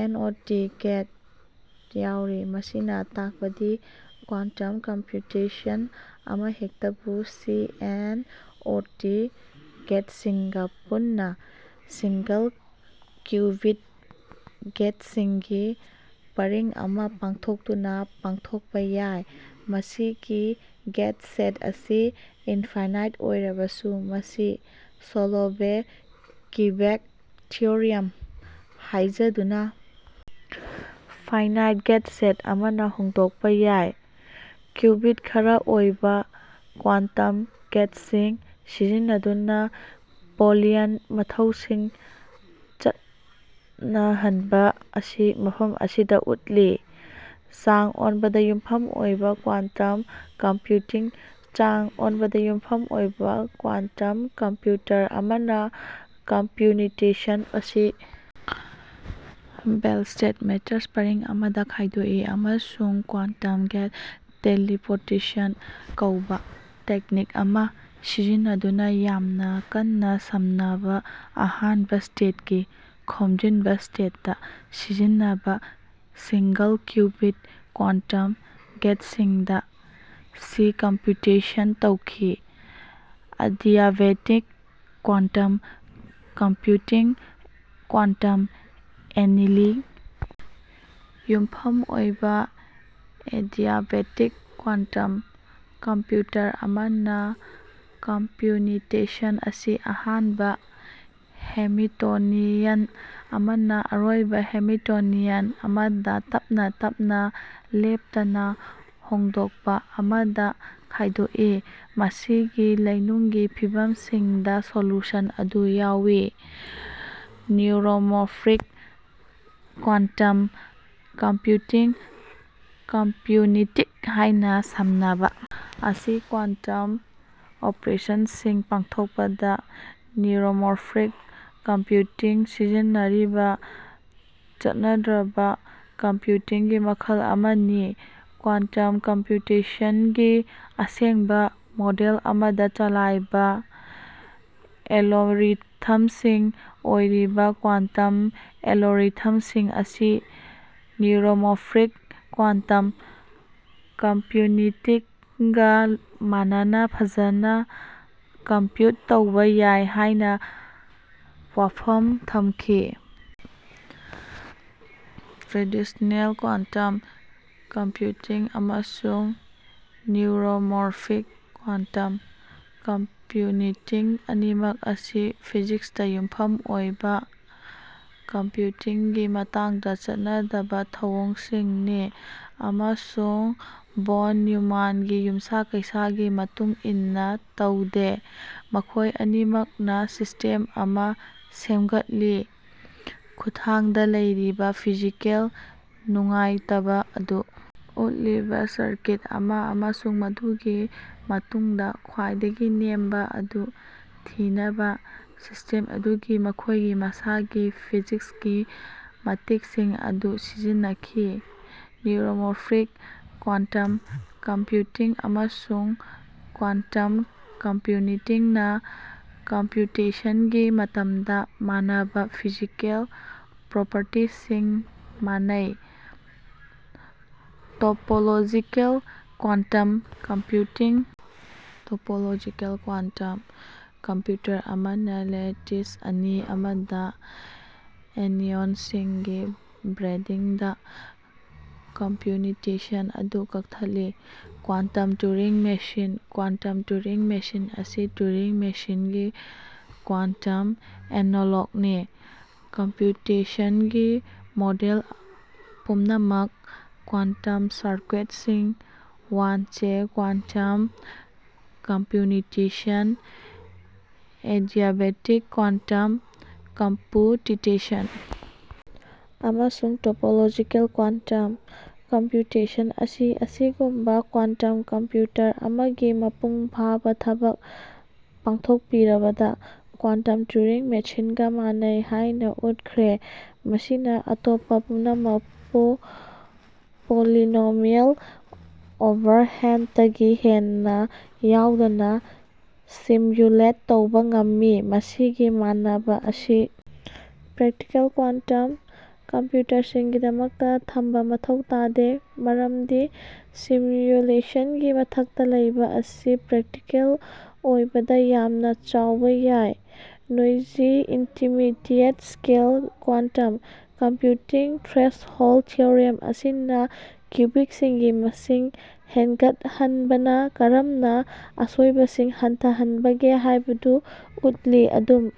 And. O. T. Get ꯌꯥꯎꯔꯤ꯫ ꯃꯁꯤꯅ ꯇꯥꯛꯄꯗꯤ ꯀ꯭ꯋꯥꯟꯇꯝ ꯀꯝꯄ꯭ꯌꯨꯇꯦꯁꯟ ꯑꯃꯍꯦꯛꯇꯕꯨ ꯁꯤ. ꯑꯦꯟ. ꯑꯣ. ꯇꯤ. ꯒꯦꯠꯁꯤꯡꯒ ꯄꯨꯟꯅ ꯁꯤꯡꯒꯜ-ꯀ꯭ꯌꯨꯕꯤꯠ ꯒꯦꯠꯁꯤꯡꯒꯤ ꯄꯔꯤꯡ ꯑꯃ ꯄꯥꯡꯊꯣꯛꯇꯨꯅ ꯄꯥꯡꯊꯣꯛꯄ ꯌꯥꯏ꯫ ꯃꯁꯤꯒꯤ ꯒꯦꯠ ꯁꯦꯠ ꯑꯁꯤ ꯏꯟꯐꯥꯏꯅꯥꯏꯠ ꯑꯣꯏꯔꯕꯁꯨ, ꯃꯁꯤ ꯁꯣꯂꯣꯚꯦ-ꯀꯤꯕꯦꯛꯇ ꯊꯤꯑꯣꯔꯦꯝ ꯍꯥꯏꯖꯗꯨꯅ ꯐꯥꯏꯅꯥꯏꯠ ꯒꯦꯠ ꯁꯦꯠ ꯑꯃꯅ ꯍꯣꯡꯗꯣꯛꯄ ꯌꯥꯏ꯫ ꯀ꯭ꯌꯨꯕꯤꯠ-ꯈꯔ ꯑꯣꯏꯕ ꯀ꯭ꯋꯥꯟꯇꯝ ꯒꯦꯠꯁꯤꯡ ꯁꯤꯖꯤꯟꯅꯗꯨꯅ ꯕꯣꯂꯤꯌꯟ ꯃꯊꯧꯁꯤꯡ ꯆꯠꯅꯍꯟꯕ ꯑꯁꯤ ꯃꯐꯝ ꯑꯁꯤꯗ ꯎꯠꯂꯤ꯫ ꯆꯥꯡ ꯑꯣꯟꯕꯗ ꯌꯨꯝꯐꯝ ꯑꯣꯏꯕ ꯀ꯭ꯋꯥꯟꯇꯝ ꯀꯝꯄꯨꯇꯤꯡ ꯆꯥꯡ ꯑꯣꯟꯕꯗ ꯌꯨꯝꯐꯝ ꯑꯣꯏꯕ ꯀ꯭ꯋꯥꯟꯇꯝ ꯀꯝꯄ꯭ꯌꯨꯇꯔ ꯑꯃꯅ ꯀꯝꯄ꯭ꯌꯨꯅꯤꯇꯦꯁꯟ ꯑꯁꯤ ꯕꯦꯜ ꯁ꯭ꯇꯦꯠ ꯃꯦꯆꯔꯁ ꯄꯔꯤꯡ ꯑꯃꯗ ꯈꯥꯏꯗꯣꯛꯏ ꯑꯃꯁꯨꯡ ꯀ꯭ꯋꯥꯟꯇꯝ ꯒꯦꯠ ꯇꯦꯂꯤꯄꯣꯔꯇꯦꯁꯟ ꯀꯧꯕ ꯇꯦꯛꯅꯤꯛ ꯑꯃ ꯁꯤꯖꯤꯟꯅꯗꯨꯅ ꯌꯥꯝꯅ ꯀꯟꯅ ꯁꯝꯅꯕ ꯑꯍꯥꯟꯕ ꯁ꯭ꯇꯦꯠꯀꯤ ꯈꯣꯝꯖꯤꯟꯕ ꯁ꯭ꯇꯦꯠ ꯗ ꯁꯤꯖꯤꯟꯅꯕ ꯁꯤꯡꯒꯜ-ꯀ꯭ꯌꯨꯕꯤꯠ ꯀ꯭ꯋꯥꯟꯇꯝ ꯒꯦꯠꯁꯤꯡꯗ ꯁꯤꯀꯝꯄꯨꯇꯦꯁꯟ ꯇꯧꯈꯤ꯫ Adiabatic quantum computing quantum annealing ꯌꯨꯝꯐꯝ ꯑꯣꯏꯕ ꯑꯦꯗꯤꯌꯥꯕꯦꯇꯤꯛ ꯀ꯭ꯋꯥꯟꯇꯝ ꯀꯝꯄ꯭ꯌꯨꯇꯔ ꯑꯃꯅ, ꯀꯝꯄ꯭ꯌꯨꯅꯤꯇꯦꯁꯟ ꯑꯁꯤ ꯑꯍꯥꯟꯕ ꯍꯦꯃꯤꯇꯣꯅꯤꯌꯟ ꯑꯃꯅ ꯑꯔꯣꯏꯕ ꯍꯦꯃꯤꯇꯣꯅꯤꯇꯤꯌꯟ ꯑꯃꯗ ꯇꯞꯅ ꯇꯞꯅ ꯂꯦꯞꯇꯅ ꯍꯣꯡꯗꯣꯛꯄ ꯑꯃꯗ ꯈꯥꯏꯗꯣꯛꯏ, ꯃꯁꯤꯒꯤ ꯂꯩꯅꯨꯡꯒꯤ ꯐꯤꯚꯝꯁꯤꯡꯗ ꯁꯣꯂꯨꯁꯟ ꯑꯗꯨ ꯌꯥꯎꯏ꯫ ꯅ꯭ꯌꯨꯔꯣꯃꯣꯐ꯭ꯔꯤꯛ ꯀ꯭ꯋꯥꯟꯇꯝ ꯀꯝꯄ꯭ꯌꯨꯇꯤꯡ "ꯀꯝꯄ꯭ꯌꯨꯅꯤꯇꯤꯠ" ꯍꯥꯏꯅ ꯁꯝꯅꯕ ꯑꯁꯤ ꯀ꯭ꯋꯥꯟꯇꯝ ꯑꯣꯄꯔꯦꯁꯟꯁꯤꯡ ꯄꯥꯡꯊꯣꯛꯄꯗ ꯅ꯭ꯌꯨꯔꯣꯃꯣꯔꯐꯤꯛ ꯀꯝꯄ꯭ꯌꯨꯇꯤꯡ ꯁꯤꯖꯤꯟꯅꯔꯤꯕ ꯆꯠꯅꯗ꯭ꯔꯕ ꯀꯝꯄ꯭ꯌꯨꯇꯤꯡꯒꯤ ꯃꯈꯜ ꯑꯃꯅꯤ꯫ ꯀ꯭ꯋꯥꯟꯇꯝ ꯀꯝꯄ꯭ꯌꯨꯇꯦꯁꯟꯒꯤ ꯑꯁꯦꯡꯕ ꯃꯣꯗꯦꯜ ꯑꯃꯗ ꯆꯂꯥꯏꯕ ꯑꯦꯂꯣꯔꯤꯊꯝꯁꯤꯡ ꯑꯣꯏꯔꯤꯕ ꯀ꯭ꯋꯥꯟꯇꯝ ꯑꯦꯂꯣꯔꯤꯊꯝꯁꯤꯡ ꯑꯁꯤ ꯅ꯭ꯌꯨꯔꯣꯃꯣꯐ꯭ꯔꯤꯛ ꯀ꯭ꯋꯥꯟꯇꯝ ꯀꯝꯄ꯭ꯌꯨꯅꯤꯇꯤꯛꯒ ꯃꯥꯟꯅꯅ ꯐꯖꯅ ꯀꯝꯄ꯭ꯌꯨꯠ ꯇꯧꯕ ꯌꯥꯏ ꯍꯥꯏꯅ ꯋꯥꯐꯝ ꯊꯝꯈꯤ꯫ ꯇ꯭ꯔꯦꯗꯤꯁꯅꯦꯜ ꯀ꯭ꯋꯥꯟꯇꯝ ꯀꯝꯄ꯭ꯌꯨꯇꯤꯡ ꯑꯃꯁꯨꯡ ꯅ꯭ꯌꯨꯔꯣꯃꯣꯔꯐꯤꯛ ꯀ꯭ꯋꯥꯟꯇꯝ ꯀꯝꯄ꯭ꯌꯨꯅꯤꯇꯤꯡ ꯑꯅꯤꯃꯛ ꯑꯁꯤ ꯐꯤꯖꯤꯛꯁꯇ ꯌꯨꯝꯐꯝ ꯑꯣꯏꯕ ꯀꯝꯄ꯭ꯌꯨꯇꯤꯡꯒꯤ ꯃꯇꯥꯡꯗ ꯆꯠꯅꯗꯕ ꯊꯧꯑꯣꯡꯁꯤꯡꯅꯤ ꯑꯃꯁꯨꯡ ꯚꯣꯟ ꯅ꯭ꯌꯨꯃꯥꯟꯒꯤ ꯌꯨꯝꯁꯥ-ꯀꯩꯁꯥꯒꯤ ꯃꯇꯨꯡ ꯏꯟꯅ ꯇꯧꯗꯦ꯫ ꯃꯈꯣꯏ ꯑꯅꯤꯃꯛꯅ ꯁꯤꯁꯇꯦꯝ ꯑꯃ ꯁꯦꯝꯒꯠꯂꯤ ꯈꯨꯊꯥꯡꯗ ꯂꯩꯔꯤꯕ ꯐꯤꯖꯤꯀꯦꯜ ꯅꯨꯡꯉꯥꯏꯇꯕ ꯑꯗꯨ ꯎꯠꯂꯤꯕ ꯁꯔꯀꯤꯠ ꯑꯃ ꯑꯃꯁꯨꯡ ꯃꯗꯨꯒꯤ ꯃꯇꯨꯡꯗ ꯈ꯭ꯋꯥꯏꯗꯒꯤ ꯅꯦꯝꯕ ꯑꯗꯨ ꯊꯤꯅꯕ ꯁꯤꯁꯇꯤꯝ ꯑꯗꯨꯒꯤ ꯃꯈꯣꯏꯒꯤ ꯃꯁꯥꯒꯤ ꯐꯤꯖꯤꯛꯁꯀꯤ ꯃꯇꯤꯛꯁꯤꯡ ꯑꯗꯨ ꯁꯤꯖꯤꯟꯅꯈꯤ꯫ ꯅ꯭ꯌꯨꯔꯣꯃꯣꯐ꯭ꯔꯤꯛ ꯀ꯭ꯋꯥꯟꯇꯝ ꯀꯝꯄ꯭ꯌꯨꯇꯤꯡ ꯑꯃꯁꯨꯡ ꯀ꯭ꯋꯥꯟꯇꯝ ꯀꯝꯄ꯭ꯌꯨꯅꯤꯇꯤꯡꯅ ꯀꯝꯄ꯭ꯌꯨꯇꯦꯁꯟꯒꯤ ꯃꯇꯝꯗ ꯃꯥꯟꯅꯕ ꯐꯤꯖꯤꯀꯦꯜ ꯄ꯭ꯔꯣꯄꯔꯇꯤꯁꯤꯡ ꯃꯥꯟꯅꯩ꯫ Topological quantum computing topological quantum computer ꯑꯃꯅ ꯂꯦꯇꯤꯁ ꯑꯅꯤ ꯑꯃꯗ ꯑꯦꯅꯤꯑꯣꯟꯁꯤꯡꯒꯤ ꯕ꯭ꯔꯦꯗꯤꯡꯗ ꯀꯝꯄ꯭ꯌꯨꯅꯤꯇꯦꯁꯟ ꯑꯗꯨ ꯀꯛꯊꯠꯂꯤ꯫ Quantum Turing machine quantum Turing machine ꯑꯁꯤ ꯇꯨꯔꯤꯡ ꯃꯦꯁꯤꯟꯒꯤ ꯀ꯭ꯋꯥꯟꯇꯝ ꯑꯦꯅꯣꯂꯣꯒꯅꯤ꯫ ꯀꯝꯄ꯭ꯌꯨꯇꯦꯁꯟꯒꯤ ꯃꯣꯗꯦꯜ ꯄꯨꯝꯅꯃꯛ-ꯀ꯭ꯋꯥꯟꯇꯝ ꯁꯔꯀ꯭ꯌꯦꯠꯁꯤꯡ, one way quantum computation, adiabatic quantum computation, ꯑꯃꯁꯨꯡ ꯇꯣꯄꯣꯂꯣꯖꯤꯀꯦꯜ ꯀ꯭ꯋꯥꯟꯇꯝ ꯀꯝꯄ꯭ꯌꯨꯇꯦꯁꯟ -ꯑꯁꯤ ꯑꯁꯤꯒꯨꯝꯕ ꯀ꯭ꯋꯥꯟꯇꯝ ꯀꯝꯄ꯭ꯌꯨꯇꯔ ꯑꯃꯒꯤ ꯃꯄꯨꯡ ꯐꯥꯕ ꯊꯕꯛ ꯄꯥꯡꯊꯣꯛꯄ ꯄꯤꯔꯕꯗ ꯀ꯭ꯋꯥꯟꯇꯝ ꯇꯨꯔꯤꯡ ꯃꯦꯁꯤꯟꯒ ꯃꯥꯟꯅꯩ ꯍꯥꯏꯅ ꯎꯠꯈ꯭ꯔꯦ, ꯃꯁꯤꯅ ꯑꯇꯣꯞꯄ ꯄꯨꯝꯅꯃꯛꯄꯨ ꯄꯣꯂꯤꯅꯣꯃꯤꯌꯦꯜ ꯑꯣꯚꯔꯍꯦꯗꯇꯒꯤ ꯍꯦꯟꯅ ꯌꯥꯎꯗꯅ ꯁꯤꯃ꯭ꯌꯨꯂꯦꯠ ꯇꯧꯕ ꯉꯝꯃꯤ꯫ ꯃꯁꯤꯒꯤ ꯃꯥꯟꯅꯕ ꯑꯁꯤ ꯄ꯭ꯔꯦꯛꯇꯤꯀꯦꯜ ꯀ꯭ꯋꯥꯟꯇꯝ ꯀꯝꯄ꯭ꯌꯨꯇꯔꯁꯤꯡꯒꯤꯗꯃꯛꯇ ꯊꯝꯕ ꯃꯊꯧ ꯇꯥꯗꯦ, ꯃꯔꯝꯗꯤ ꯁꯤꯃ꯭ꯌꯨꯂꯦꯁꯟꯒꯤ ꯃꯊꯛꯇ ꯂꯩꯕ ꯑꯁꯤ ꯄ꯭ꯔꯦꯛꯇꯤꯀꯦꯜ ꯑꯣꯏꯕꯗ ꯌꯥꯝꯅ ꯆꯥꯎꯕ ꯌꯥꯏ꯫ Noisy intermediate scale quantum computing threshold theorem ꯑꯁꯤꯅ ꯀ꯭ꯌꯨꯕꯤꯛꯁꯤꯡꯒꯤ ꯃꯁꯤꯡ ꯍꯦꯟꯒꯠꯍꯟꯕꯅ ꯀꯔꯝꯅ ꯑꯁꯣꯏꯕꯁꯤꯡ ꯍꯟꯊꯍꯟꯕꯒꯦ ꯍꯥꯏꯕꯗꯨ ꯎꯠꯂꯤ, ꯑꯗꯨꯝ